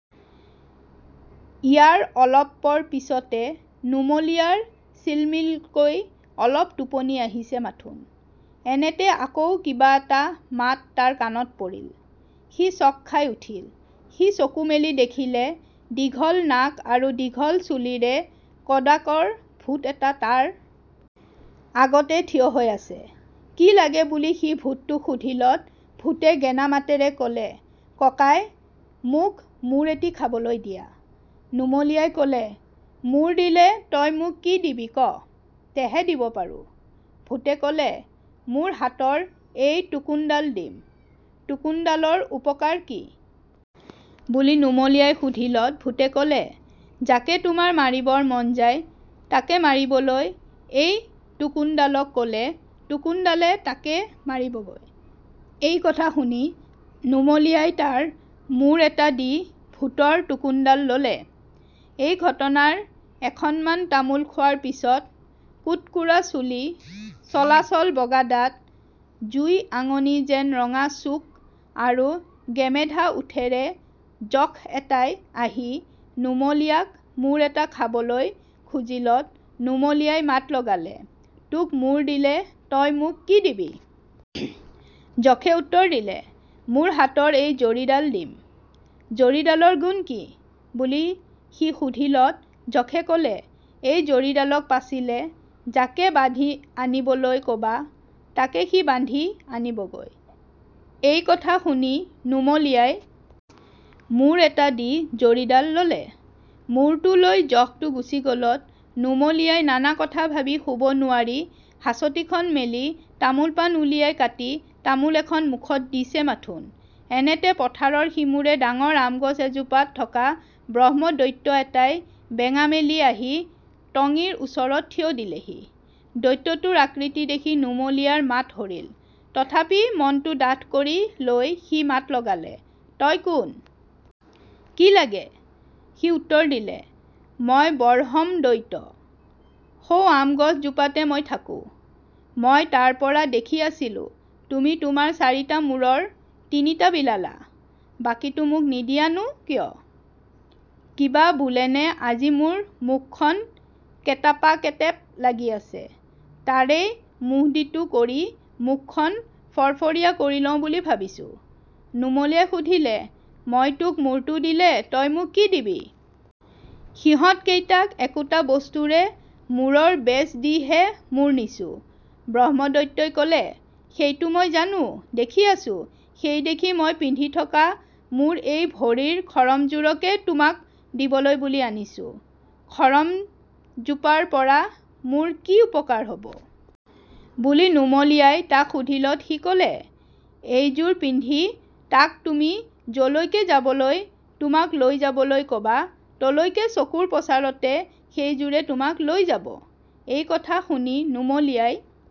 ইয়াৰ অলপ পৰ পিচতে নুমলীয়াৰ চিলমিলকৈ অলপ টোপনি আহিছে মাথোন, এনেতে আকৌ কিবা এটা মাত তাৰ কাণত পৰিল, সি চক্খাই উঠিল৷ সি চকু মেলি দেখিলে,-দীঘল নাক আৰু দীঘল চুলিৰে কদাকাৰ ভূত এটা তাৰ আগতে থিয় হৈ আছে৷ কি লাগে বুলি সি ভূতটোক সুধিলত, ভূতে গেনা মাতেৰে ক'লে, "কঁকাই মোক মূৰ এটি খাবলৈ দিয়া৷" নুমলীয়াই ক'লে, "মূৰ দিলে তই মোক কি দিবি ক, তেহে দিব পাৰোঁ৷" ভূতে ক'লে, "মোৰ হাতৰ এঁই টোকোনাডাল দিঁম৷" "টোকোনাডালৰ উপকাৰ কি? " বুলি নুমলীয়াই সুধিলত ভূতে ক'লে, "যাঁকে তোঁমাৰ মাৰিবৰ মন যাঁয়, তাঁকে মাৰিবলৈ এঁই টোকোন ডাঁলক ক'লে টোঁকোনডাঁলে তাঁকে মাৰিবগৈ৷" এই কথা শুনি নুমলীয়াই তাৰ মূৰ এটা দি ভূতৰ টোকোনডাল ল'লে৷ এই ঘটনাৰ এখনমান তামোল খোৱাৰ পিছত কুট্কুৰা চুলি, চলাচল বগা দাঁত, জুই-আঙনি যেন ৰঙা চুক আৰু গেমেধা ওঁঠেৰে যখ এটাই আহি নুমলীয়াক মূৰ এটা খাবলৈ খুজিলত, নুমলীয়াই মাত লগালে, "তোক মূৰ দিলে তই মোক কি দিবি? " যখে উত্তৰ দিলে, "মোৰ হাতৰ এই জৰীডাল দিম৷" "জৰীডালৰ গুণ কি? " বুলি সি সুধিলত যখে ক'লে, "এই জৰীডালক পাচিলে, যাকে বান্ধি আনিবলৈ কবা তাকে সি বান্ধি আনিবগৈ৷" এই কথা শুনি নুমলীয়াই মূৰ এটা দি জৰীডাল ললে৷ মূৰটো লৈ যখটো গুচি গ'লত নুমলীয়াই নানা কথা ভাবি শুব নোৱাৰি হাচটিখন মেলি তামোল-পাণ উলিয়াই কাটি তামোল এখন মুখত দিছে মাথোন, এনেতে পথাৰৰ সিমূৰে ডাঙৰ আমগছ এজোপাত থকা ব্ৰহ্মদৈত্য এটাই বেঙা মেলি আহি টঙিৰ ওচৰত থিয় দিলেহি৷ দৈত্যটোৰ আকৃতি দেখি নুমলীয়াৰ মাত হৰিল৷ তথাপি মনটো ডাঠ কৰি লৈ সি মাত লগালে, "তই কোন? কি লাগে? " সি উত্তৰ দিলে-"মই বৰহম দইত৷ সৌ আমগছ জোপাতে মই থাকোঁ৷ মই তাৰপৰা দেখি আছিলোঁ তুমি তোমাৰ চাৰিটা মূৰৰ তিনিটা বিলালা৷ বাকীটো মোক নিদিয়াঁ নো কিয়? কিবা বোলেনে আজি মোৰ মুখখন কেটেপাকেটেপ লাগি আছে, তাৰেই মুহুদিটো কৰি মুখখন ফৰ্ফৰীয়া কৰি লওঁ বুলি ভাবিছোঁ৷" নুমলীয়াই সুধিলে, "মই তোক মূৰটো দিলে, তই মোক কি দিবি? সিহঁত কেইটাই একোটা বস্তুৰে মূৰৰ বেচ দি হে মূৰ নিছে৷" ব্ৰহ্মদৈত্যই ক'লে, "সেইটো মই জানো; দেখি আছোঁ৷ সেইদেখি মই পিন্ধি থকা মোৰ এই ভৰিৰ খৰমজোৰকে তোমাক দিবলৈ বুলি আনিছোঁ৷" "খৰমজোৰৰপৰা মোৰ কি উপকাৰ হব? " বুলি নুমলীয়াই তাক সুধিলত সি ক'লে, "এইজোৰ পিন্ধি তাক তুমি যলৈকে যাবলৈ তোমাক লৈ যাবলৈ কবা তলৈকে চকুৰ পচাৰতে সেইজোৰে তোমাক লৈ যাব৷" এই কথা শুনি নুমলীয়াই